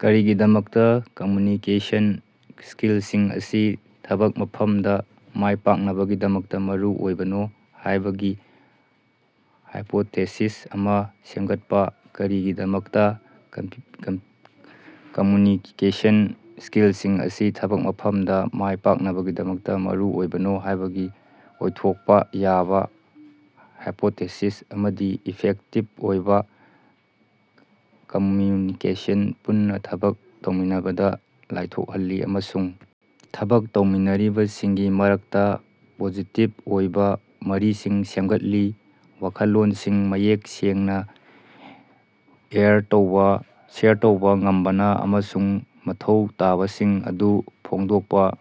ꯀꯔꯤꯒꯤꯗꯃꯛꯇꯥ ꯀꯝꯃ꯭ꯌꯨꯅꯤꯀꯦꯁꯟ ꯁ꯭ꯀꯤꯜꯁꯤꯡ ꯑꯁꯤ ꯊꯕꯛ ꯃꯐꯝꯗꯥ ꯃꯥꯏꯄꯥꯛꯅꯕꯒꯤꯗꯃꯛ ꯃꯔꯨꯑꯣꯏꯕꯅꯣ ꯍꯥꯏꯕꯒꯤ ꯍꯥꯏꯄꯣꯊꯦꯁꯤꯁ ꯑꯃꯥ ꯁꯦꯝꯒꯠꯄꯥ꯫ ꯀꯔꯤꯒꯤꯗꯃꯛꯇꯥ ꯀꯝꯃ꯭ꯌꯨꯅꯤꯀꯦꯁꯟ ꯁ꯭ꯀꯤꯜꯁꯤꯡ ꯑꯁꯤ ꯊꯕꯛ ꯃꯐꯝꯗꯥ ꯃꯥꯏꯄꯥꯛꯅꯕꯒꯤꯗꯃꯛ ꯃꯔꯨꯑꯣꯏꯕꯅꯣ ꯍꯥꯏꯕꯒꯤ ꯑꯣꯏꯊꯣꯛꯄꯥ ꯌꯥꯕꯥ ꯍꯥꯏꯄꯣꯊꯦꯁꯤꯁ ꯑꯃꯗꯤ ꯏꯐꯦꯛꯇꯤꯚ ꯑꯣꯏꯕꯥ ꯀꯝꯃ꯭ꯌꯨꯅꯤꯀꯦꯁꯟꯅ ꯄꯨꯟꯅꯥ ꯊꯕꯛ ꯇꯧꯃꯤꯟꯅꯕꯗꯥ ꯂꯥꯏꯊꯣꯛꯍꯜꯂꯤ ꯑꯃꯁꯨꯡ ꯊꯕꯛ ꯇꯧꯃꯤꯟꯅꯔꯤꯕꯁꯤꯡꯒꯤ ꯃꯔꯛꯇꯥ ꯄꯣꯖꯤꯇꯤꯚ ꯑꯣꯏꯕꯥ ꯃꯔꯤꯁꯤꯡ ꯁꯦꯝꯒꯠꯂꯤ꯫ ꯋꯥꯈꯜꯂꯣꯟꯁꯤꯡ ꯃꯌꯦꯛ ꯁꯦꯡꯅꯥ ꯁꯦꯌꯔ ꯇꯧꯕꯥ ꯉꯝꯕꯅꯥ ꯑꯃꯁꯨꯡ ꯃꯊꯧ ꯇꯥꯕꯁꯤꯡ ꯑꯗꯨ ꯐꯣꯡꯗꯣꯛꯄꯥ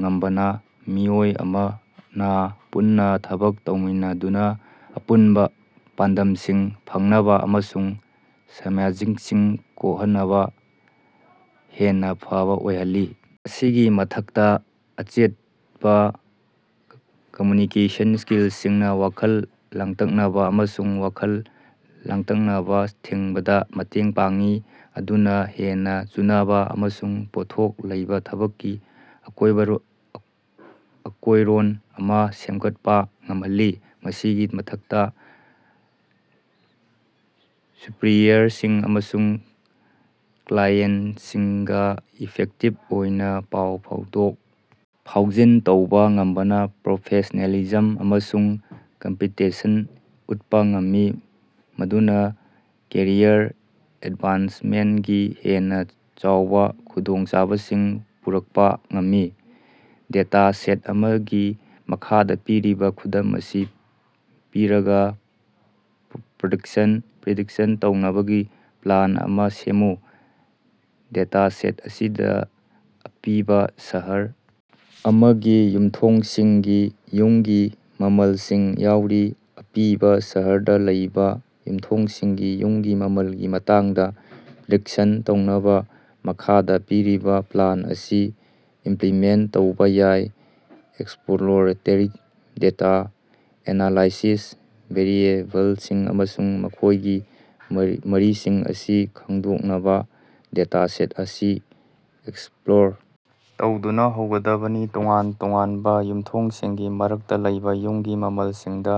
ꯉꯝꯕꯅꯥ ꯃꯤꯑꯣꯏ ꯑꯃꯅꯥ ꯄꯨꯟꯅꯥ ꯊꯕꯛ ꯇꯧꯃꯤꯟꯅꯗꯨꯅꯥ ꯑꯄꯨꯟꯕꯥ ꯄꯥꯟꯗꯝꯁꯤꯡ ꯐꯪꯅꯕꯥ ꯑꯃꯁꯨꯡ ꯁꯃꯁ꯭ꯌꯥꯁꯤꯡ ꯀꯣꯛꯍꯟꯅꯕꯥ ꯍꯦꯟꯅꯥ ꯐꯕꯥ ꯑꯣꯏꯍꯜꯂꯤ꯫ ꯃꯁꯤꯒꯤ ꯃꯊꯛꯇꯥ ꯑꯆꯦꯠꯄꯥ ꯀꯝꯃ꯭ꯌꯨꯅꯤꯀꯦꯁꯟ ꯁ꯭ꯀꯤꯜꯁꯤꯡꯅꯥ ꯋꯥꯈꯜ ꯂꯥꯡꯇꯛꯅꯕꯥ ꯑꯃꯁꯨꯡ ꯋꯥꯈꯜ ꯂꯥꯡꯇꯛꯅꯕꯥ ꯊꯤꯡꯕꯗꯥ ꯃꯇꯦꯡ ꯄꯥꯡꯏ ꯃꯗꯨꯅꯥ ꯍꯦꯟꯅꯥ ꯆꯨꯅꯕꯥ ꯑꯃꯁꯨꯡ ꯄꯣꯠꯊꯣꯛ ꯂꯩꯕꯥ ꯊꯕꯛꯀꯤ ꯑꯀꯣꯏꯔꯣꯟ ꯑꯃꯥ ꯁꯦꯞꯒꯠꯄꯥ ꯉꯝꯍꯜꯂꯤ꯫ ꯃꯁꯤꯒꯤ ꯃꯊꯛꯇꯥ ꯁꯨꯄꯔꯤꯌꯔꯁꯤꯡ ꯑꯃꯁꯨꯡ ꯀ꯭ꯂꯥꯏꯑꯦꯟꯠꯁꯤꯡꯒꯥ ꯏꯐꯦꯛꯇꯤꯚ ꯑꯣꯏꯅꯥ ꯄꯥꯎ ꯐꯥꯎꯗꯣꯛ ꯐꯥꯎꯖꯤꯟ ꯇꯧꯕꯥ ꯉꯝꯕꯅꯥ ꯄ꯭ꯔꯣꯐꯦꯁꯅꯦꯂꯤꯖꯝ ꯑꯃꯁꯨꯡ ꯀꯝꯄꯤꯇꯦꯟꯁꯟ ꯎꯠꯄꯥ ꯉꯝꯃꯤ ꯃꯗꯨꯅꯥ ꯀꯦꯔꯤꯌꯔ ꯑꯦꯗꯚꯥꯟꯁꯃꯦꯟꯠꯒꯤ ꯍꯦꯟꯅꯥ ꯆꯥꯎꯕꯥ ꯈꯨꯗꯣꯡꯆꯥꯕꯁꯤꯡ ꯄꯨꯔꯛꯄꯥ ꯉꯝꯃꯤ꯫ ꯗꯦꯇꯥ ꯁꯦꯠ ꯑꯃꯒꯤ ꯃꯈꯥꯗꯥ ꯄꯤꯔꯤꯕꯥ ꯈꯨꯗꯝ ꯑꯁꯤ ꯄꯤꯔꯒꯥ ꯄ꯭ꯔꯤꯗꯤꯛꯁꯟ ꯇꯧꯅꯕꯒꯤ ꯄ꯭ꯂꯥꯟ ꯑꯃꯥ ꯁꯦꯝꯃꯨ꯫ ꯗꯦꯇꯥꯁꯦꯠ ꯑꯁꯤꯗꯥ ꯑꯄꯤꯕꯥ ꯁꯍꯔ ꯑꯃꯒꯤ ꯌꯨꯃꯊꯣꯡꯁꯤꯡꯒꯤ ꯌꯨꯝꯒꯤ ꯃꯃꯜꯁꯤꯡ ꯌꯥꯎꯔꯤ꯫ ꯑꯄꯤꯕꯥ ꯁꯍꯔꯗꯥ ꯂꯩꯕꯥ ꯌꯨꯝꯊꯣꯡꯁꯤꯡꯒꯤ ꯌꯨꯝꯒꯤ ꯃꯃꯜꯒꯤ ꯃꯇꯥꯡꯗꯥ ꯄ꯭ꯔꯤꯗꯤꯛꯁꯟ ꯇꯧꯅꯕꯥ ꯃꯈꯥꯗꯥ ꯄꯤꯔꯤꯕꯥ ꯄ꯭ꯂꯥꯟ ꯑꯁꯤ ꯏꯝꯄ꯭ꯂꯤꯃꯦꯟꯠ ꯇꯧꯕꯥ ꯌꯥꯏ ꯑꯦꯛꯁꯄ꯭ꯂꯣꯔꯦꯇꯦꯔꯤ ꯗꯦꯇꯥ ꯑꯦꯅꯥꯂꯥꯏꯁꯤꯁ ꯚꯦꯔꯤꯑꯦꯕꯜꯁꯤꯡ ꯑꯃꯁꯨꯡ ꯃꯈꯣꯏꯒꯤ ꯃꯔꯤꯁꯤꯡ ꯑꯁꯤ ꯈꯪꯗꯣꯛꯅꯕꯥ ꯗꯦꯇꯥꯁꯦꯠ ꯑꯁꯤ ꯑꯦꯛꯁꯄ꯭ꯂꯣꯔ ꯇꯧꯗꯨꯅꯥ ꯍꯧꯒꯗꯕꯅꯤ꯫ ꯇꯣꯉꯥꯟ ꯇꯣꯉꯥꯟꯕ ꯌꯨꯝꯊꯣꯡꯁꯤꯡꯒꯤ ꯃꯔꯛꯇꯥ ꯂꯩꯕꯥ ꯌꯨꯝꯒꯤ ꯃꯃꯜꯁꯤꯡꯗꯥ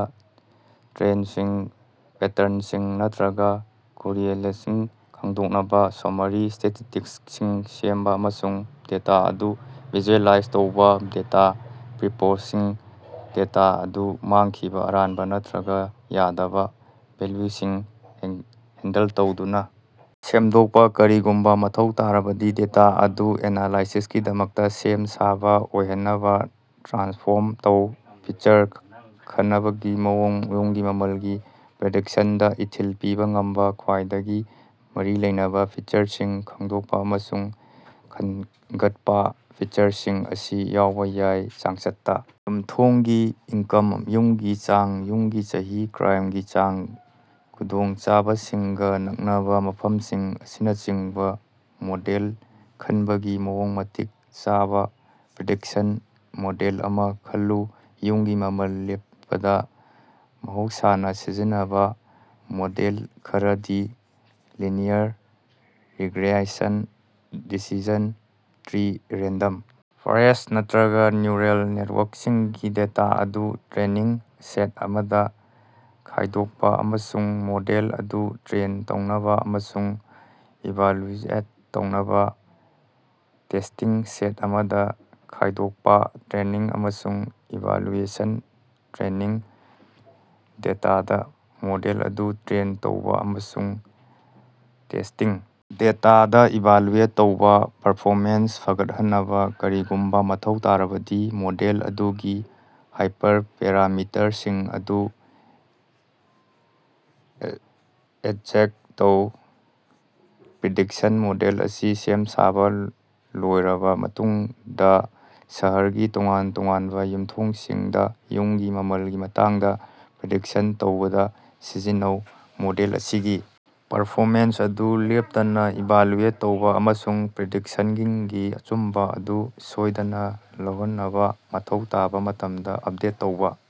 ꯇ꯭ꯔꯦꯟꯗꯁꯤꯡ ꯄꯦꯇꯔꯟꯁꯤꯡ ꯅꯠꯇ꯭ꯔꯒꯥ ꯀꯣꯔꯤꯑꯦꯂꯦꯁꯅꯁꯤꯡ ꯈꯪꯗꯣꯛꯅꯕꯥ ꯁꯣꯃꯥꯔꯤ ꯁ꯭ꯇꯦꯇꯤꯁ꯭ꯇꯤꯛꯁꯁꯤꯡ ꯁꯦꯝꯕꯥ ꯑꯃꯁꯨꯡ ꯗꯦꯇꯥ ꯑꯗꯨ ꯚꯤꯖꯨꯑꯦꯂꯥꯏꯖ ꯇꯧꯕꯥ꯫ ꯗꯦꯇꯥ ꯄ꯭ꯔꯤꯄ꯭ꯔꯣꯁꯤꯡ ꯗꯦꯇꯥ ꯑꯗꯨ ꯃꯥꯡꯈꯤꯕꯥ ꯑꯔꯥꯟꯕꯥ ꯅꯠꯇ꯭ꯔꯒꯥ ꯌꯥꯗꯕꯥ ꯚꯦꯜꯌꯨꯁꯤꯡ ꯍꯦꯟꯗꯜ ꯇꯧꯗꯨꯅꯥ ꯁꯦꯡꯗꯣꯛꯄꯥ꯫ ꯀꯔꯤꯒꯨꯝꯕꯥ ꯃꯊꯧ ꯇꯥꯔꯕꯗꯤ ꯗꯦꯇꯥ ꯑꯗꯨ ꯑꯦꯅꯥꯂꯥꯏꯁꯤꯁꯀꯤꯗꯃꯛꯇꯥ ꯁꯦꯝ ꯁꯥꯕꯥ ꯑꯣꯏꯍꯟꯅꯕꯥ ꯇ꯭ꯔꯥꯟꯁꯐꯣꯔꯝ ꯇꯧ꯫ ꯐꯤꯆꯔ ꯈꯅꯕꯒꯤ ꯃꯑꯣꯡ ꯌꯨꯝꯒꯤ ꯃꯃꯜꯒꯤ ꯄ꯭ꯔꯤꯗꯤꯛꯁꯟꯗꯥ ꯏꯊꯤꯜ ꯄꯤꯕꯥ ꯉꯝꯕꯥ ꯈ꯭ꯋꯥꯏꯗꯒꯤ ꯃꯔꯤ ꯂꯩꯅꯕꯥ ꯐꯤꯆꯔꯁꯤꯡ ꯈꯪꯗꯣꯛꯄꯥ ꯑꯃꯁꯨꯡ ꯈꯟꯒꯠꯄꯥ꯫ ꯐꯤꯆꯔꯁꯤꯡ ꯑꯁꯤ ꯌꯥꯎꯕꯥ ꯌꯥꯏ ꯆꯥꯡꯆꯠꯇꯥ ꯌꯨꯝꯊꯣꯡꯒꯤ ꯏꯟꯀꯝ ꯌꯨꯝꯒꯤ ꯆꯥꯡ ꯌꯨꯝꯒꯤ ꯆꯍꯤ ꯀ꯭ꯔꯥꯏꯝꯒꯤ ꯆꯥꯡ ꯈꯨꯗꯣꯡꯆꯥꯕꯁꯤꯡꯒꯥ ꯅꯛꯅꯕꯥ ꯃꯐꯝꯁꯤꯡ ꯑꯁꯤꯅꯆꯤꯡꯕꯥ ꯃꯣꯗꯦꯜ ꯈꯟꯕꯒꯤ ꯃꯑꯣꯡ ꯃꯇꯤꯛ ꯆꯥꯕꯥ ꯄ꯭ꯔꯤꯗꯤꯛꯁꯟ ꯃꯣꯗꯦꯜ ꯑꯃꯥ ꯈꯜꯂꯨ꯫ ꯌꯨꯝꯒꯤ ꯃꯃꯜ ꯂꯦꯞꯄꯗꯥ ꯃꯍꯧꯁꯥꯅꯥ ꯁꯤꯖꯤꯟꯅꯕꯥ ꯃꯣꯗꯦꯜ ꯈꯔꯗꯤ linear regression decision tree random forest ꯅꯠꯇ꯭ꯔꯒꯥ ꯅ꯭ꯌꯨꯔꯜ ꯅꯦꯇꯋꯥꯔꯛꯁꯤꯡꯒꯤ꯫ ꯗꯦꯇꯥ ꯑꯗꯨ ꯇ꯭ꯔꯦꯅꯤꯡ ꯁꯦꯠ ꯑꯃꯗꯥ ꯈꯥꯏꯗꯣꯛꯄꯥ ꯑꯃꯁꯨꯡ ꯃꯣꯗꯦꯜ ꯑꯗꯨ ꯇ꯭ꯔꯦꯟ ꯇꯧꯅꯕꯥ ꯑꯃꯁꯨꯡ ꯏꯚꯥꯜꯌꯨꯑꯦꯠ ꯇꯧꯅꯕꯥ ꯇꯦꯁ꯭ꯇꯤꯡ ꯁꯦꯠ ꯑꯃꯗꯥ ꯈꯥꯏꯗꯣꯛꯄꯥ꯫ ꯇ꯭ꯔꯦꯅꯤꯡ ꯑꯃꯁꯨꯡ ꯏꯚꯥꯂꯨꯑꯦꯁꯟ ꯇ꯭ꯔꯦꯅꯤꯡ ꯗꯦꯇꯥꯗꯥ ꯃꯣꯗꯦꯜ ꯑꯗꯨ ꯇ꯭ꯔꯦꯟ ꯇꯧꯕꯥ ꯑꯃꯁꯨꯡ ꯇꯦꯁ꯭ꯇꯤꯡ ꯗꯦꯇꯥꯗꯥ ꯏꯚꯥꯂꯨꯑꯦꯠ ꯇꯧꯕꯥ꯫ ꯄꯔꯐꯣꯃꯦꯟꯁ ꯐꯒꯠꯍꯟꯅꯕꯥ ꯀꯔꯤꯒꯨꯝꯕꯥ ꯃꯊꯧ ꯇꯥꯔꯕꯗꯤ ꯃꯣꯗꯦꯜ ꯑꯗꯨꯒꯤ ꯍꯥꯏꯄꯔꯄꯦꯔꯥꯃꯤꯇꯔꯁꯤꯡ ꯑꯗꯨ ꯑꯦꯗꯖꯁ꯭ꯠ ꯇꯧ꯫ ꯄ꯭ꯔꯤꯗꯤꯛꯁꯟ ꯃꯣꯗꯦꯜ ꯑꯁꯤ ꯁꯦꯝ ꯁꯥꯕꯥ ꯂꯣꯏꯔꯕꯥ ꯃꯇꯨꯡꯗꯥ ꯁꯍꯔꯒꯤ ꯇꯣꯉꯥꯟ ꯇꯣꯉꯥꯟꯕꯥ ꯌꯨꯝꯊꯣꯡꯁꯤꯡꯗꯥ ꯌꯨꯝꯒꯤ ꯃꯃꯜꯒꯤ ꯃꯇꯥꯡꯗꯥ ꯄ꯭ꯔꯤꯗꯤꯛꯁꯟ ꯇꯧꯕꯗꯥ ꯁꯤꯖꯤꯟꯅꯧ꯫ ꯃꯣꯗꯦꯜ ꯑꯁꯤꯒꯤ ꯄꯔꯐꯣꯃꯦꯟꯁ ꯑꯗꯨ ꯂꯦꯞꯇꯅꯥ ꯏꯚꯥꯂꯨꯑꯦꯠ ꯇꯧꯕꯥ ꯑꯃꯁꯨꯡ ꯄ꯭ꯔꯤꯗꯤꯛꯁꯟꯁꯤꯡꯒꯤ ꯑꯆꯨꯝꯕꯥ ꯑꯗꯨ ꯁꯣꯏꯗꯅꯥ ꯂꯩꯍꯟꯅꯕꯥ ꯃꯊꯧ ꯇꯥꯕꯥ ꯃꯇꯝꯗꯥ ꯑꯞꯗꯦꯠ ꯇꯧꯕꯥ꯫